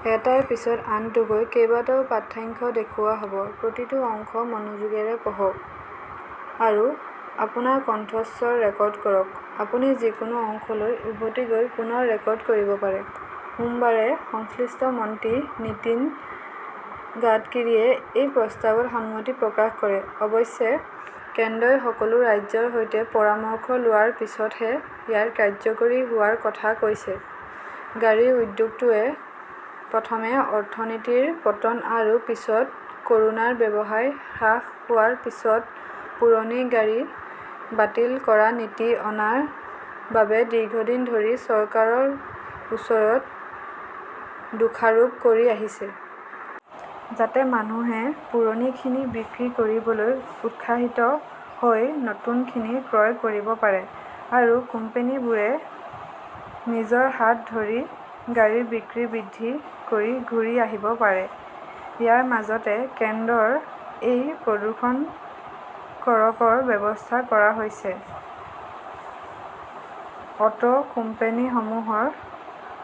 সোমবাৰে সংশ্লিষ্ট মন্ত্ৰী নিতিন গাডকীৰীয়ে এই প্ৰস্তাৱত সন্মতি প্ৰকাশ কৰে। অৱশ্যে, কেন্দ্ৰই সকলো ৰাজ্যৰ সৈতে পৰামৰ্শ লোৱাৰ পিছতহে ইয়াৰ কাৰ্যকৰী হোৱাৰ কথা কৈছে। গাড়ী উদ্যোগটোৱে প্ৰথমে অৰ্থনীতিৰ পতন আৰু পিছত কৰোনাৰ ব্যৱসায় হ্ৰাস হোৱাৰ পিছত পুৰণি গাড়ী বাতিল কৰা নীতি অনাৰ বাবে দীৰ্ঘদিন ধৰি চৰকাৰৰ ওচৰত দোষাৰোপ কৰি আহিছে। যাতে মানুহে পুৰণিখিনি বিক্ৰী কৰিবলৈ উৎসাহিত হৈ নতুনখিনি ক্ৰয় কৰিব পাৰে। আৰু কোম্পানীবোৰে নিজৰ হাত ধৰি গাড়ী বিক্ৰী বৃদ্ধি কৰি ঘূৰি আহিব পাৰে। ইয়াৰ মাজতে কেন্দ্ৰৰ এই প্ৰদূষণ কৰকৰ ব্যৱস্থা কৰা হৈছে। অটো কোম্পানীসমূহৰ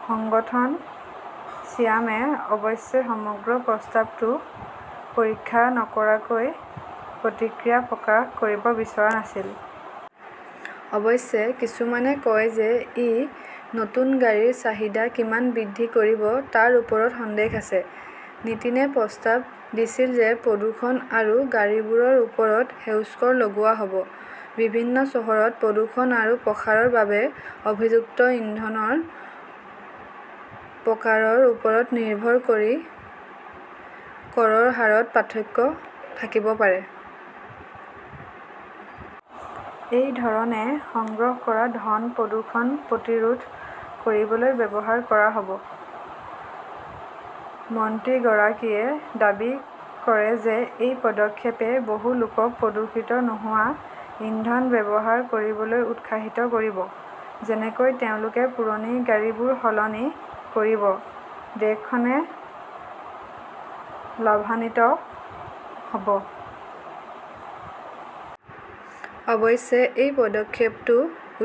সংগঠন ছিয়ামে অৱশ্যে সমগ্ৰ প্ৰস্তাৱটো পৰীক্ষা নকৰাকৈ প্ৰতিক্ৰিয়া প্ৰকাশ কৰিব বিচৰা নাছিল। অৱশ্যে, কিছুমানে কয় যে ই নতুন গাড়ীৰ চাহিদা কিমান বৃদ্ধি কৰিব তাৰ ওপৰত সন্দেহ আছে। নিটিনে প্ৰস্তাৱ দিছিল যে প্ৰদূষণ কৰা গাড়ীবোৰৰ ওপৰত সেউজ কৰ লগোৱা হ 'ব। বিভিন্ন চহৰত প্ৰদূষণ আৰু প্ৰসাৰৰ বাবে অভিযুক্ত ইন্ধনৰ প্ৰকাৰৰ ওপৰত নিৰ্ভৰ কৰি কৰৰ হাৰত পাৰ্থক্য থাকিব পাৰে। এই ধৰণে সংগ্ৰহ কৰা ধন প্ৰদূষণ প্ৰতিৰোধ কৰিবলৈ ব্যৱহাৰ কৰা হব। মন্ত্ৰীগৰাকীয়ে দাবী কৰে যে এই পদক্ষেপে বহু লোকক প্ৰদূষিত নোহোৱা ইন্ধন ব্যৱহাৰ কৰিবলৈ উৎসাহিত কৰিব, যেনেকৈ তেওঁলোকে পুৰণি গাড়ীবোৰ সলনি কৰিব। দেশখনে লাভান্বিত হব। অৱশ্যে, এই পদক্ষেপটো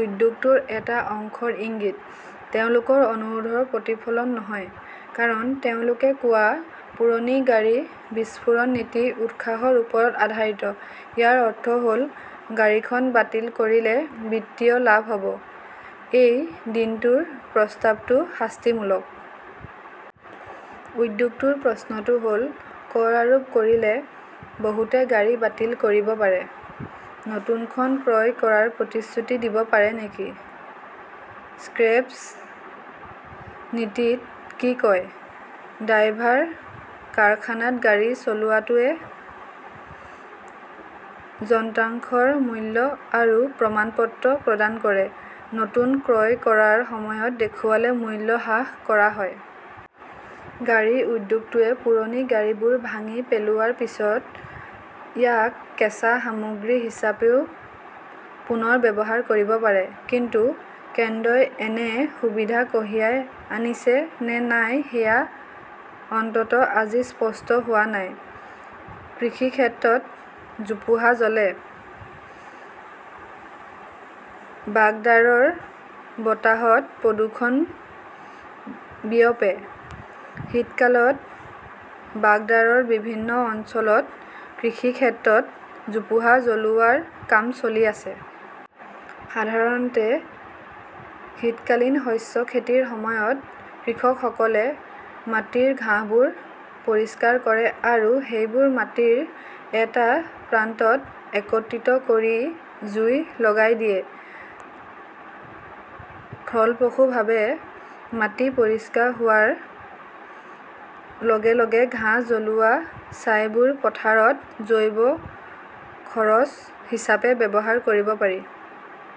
উদ্যোগটোৰ এটা অংশৰ ইংগিত, তেওঁলোকৰ অনুৰোধৰ প্ৰতিফলন নহয়। কাৰণ, তেওঁলোকে কোৱা পুৰণি গাড়ী বিস্ফোৰণ নীতি উৎসাহৰ ওপৰত আধাৰিত। ইয়াৰ অৰ্থ হল গাড়ীখন বাতিল কৰিলে বিত্তীয় লাভ হব। এই দিনটোৰ প্ৰস্তাৱটো শাস্তিমূলক। উদ্যোগটোৰ প্ৰশ্নটো হ'ল, কৰ আৰোপ কৰিলে বহুতে গাড়ী বাতিল কৰিব পাৰে। নতুনখন ক্ৰয় কৰাৰ প্ৰতিশ্ৰুতি দিব পাৰি নেকি? স্ক্ৰেপেজ নীতিত কি হয়। ড্ৰাইভাৰ কাৰখানাত গাড়ী চলোৱাটোৱে যন্ত্ৰাংশৰ মূল্য আৰু প্ৰমাণপত্ৰ প্ৰদান কৰে। নতুন ক্ৰয় কৰাৰ সময়ত দেখুৱালে মূল্য হ্ৰাস কৰা হয়। গাড়ী উদ্যোগটোৱে পুৰণি গাড়ীবোৰ ভাঙি পেলোৱাৰ পিছত ইয়াক কেঁচা সামগ্ৰী হিচাপেও পুনৰ ব্যৱহাৰ কৰিব পাৰে। কিন্তু কেন্দ্ৰই এনে সুবিধা কঢ়িয়াই আনিছে নে নাই সেয়া অন্ততঃ আজি স্পষ্ট হোৱা নাই। কৃষিক্ষেত্ৰত জোপোহা জ্বলে, বাগদাৰৰ বতাহত প্ৰদূষণ বিয়পে শীতকালত বাগদাৰৰ বিভিন্ন অঞ্চলত কৃষিক্ষেত্ৰত জোপোহা জ্বলোৱাৰ কাম চলি আছে। সাধাৰণতে শীতকালীন শস্য খেতিৰ সময়ত, কৃষকসকলে মাটিৰ ঘাঁহবোৰ পৰিষ্কাৰ কৰে আৰু সেইবোৰ মাটিৰ এটা প্ৰান্তত একত্ৰিত কৰি জুই লগাই দিয়ে। ফলপ্ৰসূভাৱে মাটি পৰিষ্কাৰ হোৱাৰ লগে-লগে ঘাঁহ জ্বলোৱা ছাইবোৰ পথাৰত জৈৱ খৰচ হিচাপে ব্যৱহাৰ কৰিব পাৰি।